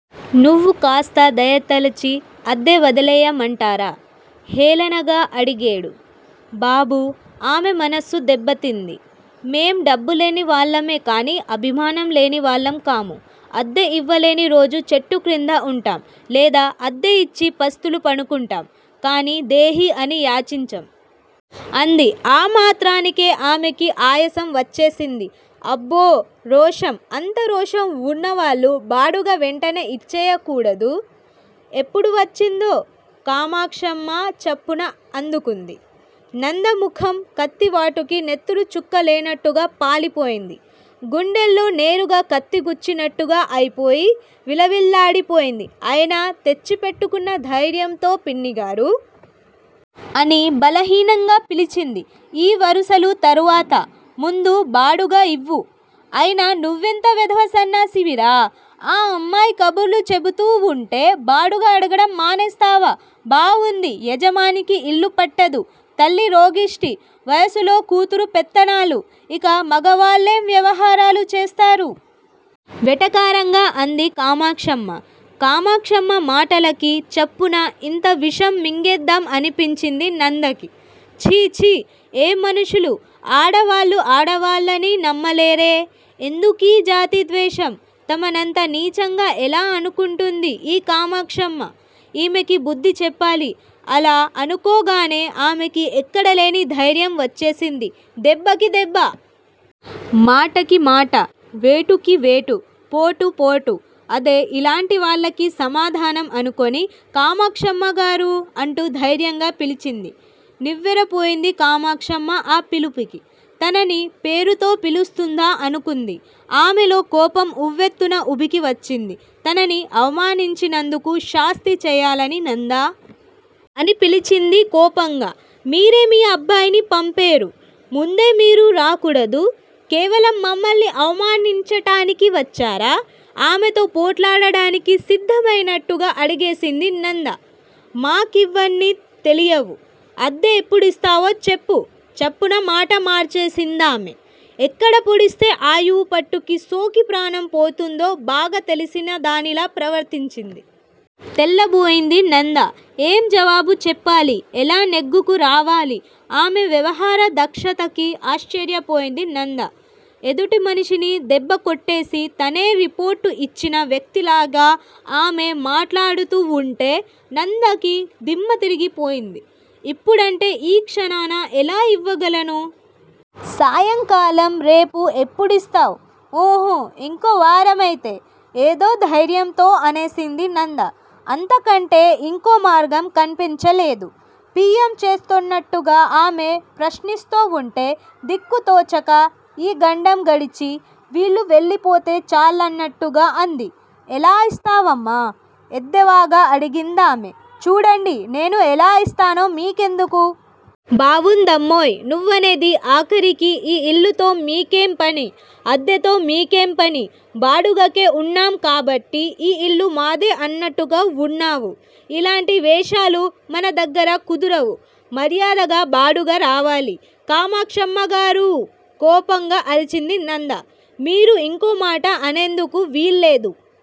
నువ్వు కాస్త దయతలచి- అద్దె వదిలెయ్యమంటారా! హేళనగా అడిగేడు. బాబూ ఆమె మనస్సు దెబ్బతింది. మేం డబ్బులేని వాళ్ళమే కానీ అభిమానం లేని వాళ్ళం కాము. అద్దె ఇవ్వలేని రోజు చెట్టు క్రింద ఉంటాం. లేదా అద్దె ఇచ్చి పస్తులు పడుకుంటాం. కానీ దేహీ అని యాచించం! అంది. ఆ మాత్రానికే ఆమెకి ఆయాసం వచ్చేసింది. అబ్బో! రోషం! అంత రోషం వున్నవాళ్ళు బాడుగ వెంటనే ఇచ్చెయ్యకూడదూ! ఎప్పుడు వచ్చిందో కామాక్షమ్మ చప్పున అందుకుంది. నంద ముఖం కత్తి వాటుకి నెత్తురు చుక్క లేనట్టుగా పాలిపోయింది! గుండెల్లో నేరుగా కత్తి గుచ్చినట్టుగా అయిపోయి, విలవిల్లాడిపోయింది అయినా తెచ్చిపెట్టుకున్న ధైర్యంతో పిన్నిగారూ! అని బలహీనంగా పిలిచింది. ఈ వరుసలు తరువాత! ముందు బాడుగ ఇవ్వు! అయినా నువ్వెంత వెధవ సన్నాసివిరా! ఆ అమ్మాయి కబుర్లు చెబుతూ వుంటే బాడుగ అడగడం మానేస్తావా? బావుంది! యజమానికి ఇల్లు పట్టదు. తల్లి రోగిష్టి! వయసులో కూతురు పెత్తనాలు! ఇక మగవాళ్ళేం వ్యవహారాలు చేస్తారు! వెటకారంగా అంది కామాక్షమ్మ. కామాక్షమ్మ మాటలకి చప్పున ఇంత విషం మింగేద్దాం అనిపించింది నందకి. ఛీ! ఛీ! ఏం మనుషులు! ఆడవాళ్ళు ఆడవాళ్ళని నమ్మలేరే! ఎందుకీ జాతి ద్వేషం! తమనంత నీచంగా ఎలా అనుకుంటుంది ఈ కామాక్షమ్మ. ఈమెకి బుద్ది చెప్పాలి! అలా అనుకోగానే ఆమెకి ఎక్కడలేని ధైర్యం వచ్చేసింది దెబ్బకి దెబ్బ! మాటకి మాట! వేటుకి వేటు! పోటు పోటు! అదే యిలాంటి వాళ్ళకి సమాధానం అనుకుని కామాక్షమ్మగారూ అంటూ ధైర్యంగా పిలిచింది. నివ్వెరపోయింది కామాక్షమ్మ ఆ పిలుపుకి. తనని పేరుతో పిలుస్తుందా అనుకుంది. ఆమెలో కోపం ఉవ్వెత్తున ఉబికి వచ్చింది. తనని అవమానించినందుకు శాస్తి చేయాలని నందా! అని పిలిచింది కోపంగా. మీరే మీ అబ్బాయిని పంపేరు. ముందే మీరు రాకూడదూ? కేవలం మమ్మల్ని అవమానించటానికి వచ్చారా? ఆమెతో పోట్లాడటానికి సిద్దమైనట్టుగా అడిగేసింది నంద. మాకీవన్ని తెలియవు? అద్దె ఎప్పుడిస్తావో చెప్పు! చప్పున మాట మార్చేసిందామె. ఎక్కడ పొడిస్తే ఆయువు పట్టుకి సోకి ప్రాణం పోతుందో బాగా తెలిసిన దానిలా ప్రవర్తించింది. తెల్లబోయింది నంద! ఏం జవాబు చెప్పాలి! ఎలా నెగ్గుకు రావాలి? ఆమె వ్యవహార దక్షతకి ఆశ్చర్యపోయింది నంద! ఎదుటి మనిషిని దెబ్బ కొట్టేసి తనే రిపోర్టు ఇచ్చిన వ్యక్తిలాగా ఆమె మాట్లాడుతూ వుంటే నందకి దిమ్మ తిరిగి పోయింది. ఇప్పుడంటే ఈ క్షణాన ఎలా ఇవ్వగలను? సాయంకాలం- రేపు ఎప్పుడిస్తావ్? ఊహూ! ఇంకో వారం అయితే! ఏదో ధైర్యంతో అనేసింది నంద. అంతకంటే యింకోమార్గం కన్పించలేదు. పి. యం. చేస్తోన్నట్టుగా ఆమె ప్రశ్నిస్తోవుంటే దిక్కుతోచక, ఈ గండం గడిచి వీళ్ళు వెళ్ళిపోతే చాలన్నట్టుగా అంది. ఎలా ఇస్తావమ్మా! ఎద్దేవాగా అడిగిందామె. చూడండి! నేను ఎలా ఇస్తానో మీకెందుకు? బావుందమ్మోయ్! నువ్వనేది ఆఖరికి ఈ ఇల్లుతో మీకేం పని? అద్దెతో మీకేం పని? బాడుగకే ఉన్నాం కాబట్టి ఈ ఇల్లు మాదే అన్నట్టుగా వున్నావు. ఇలాంటి వేషాలు మన దగ్గర కుదరవు. మర్యాదగా బాడుగ రావాలి! కామాక్షమ్మగారూ! కోపంగా అరిచింది నంద! మీరు ఇంకో మాట అనేందుకు వీల్లేదు.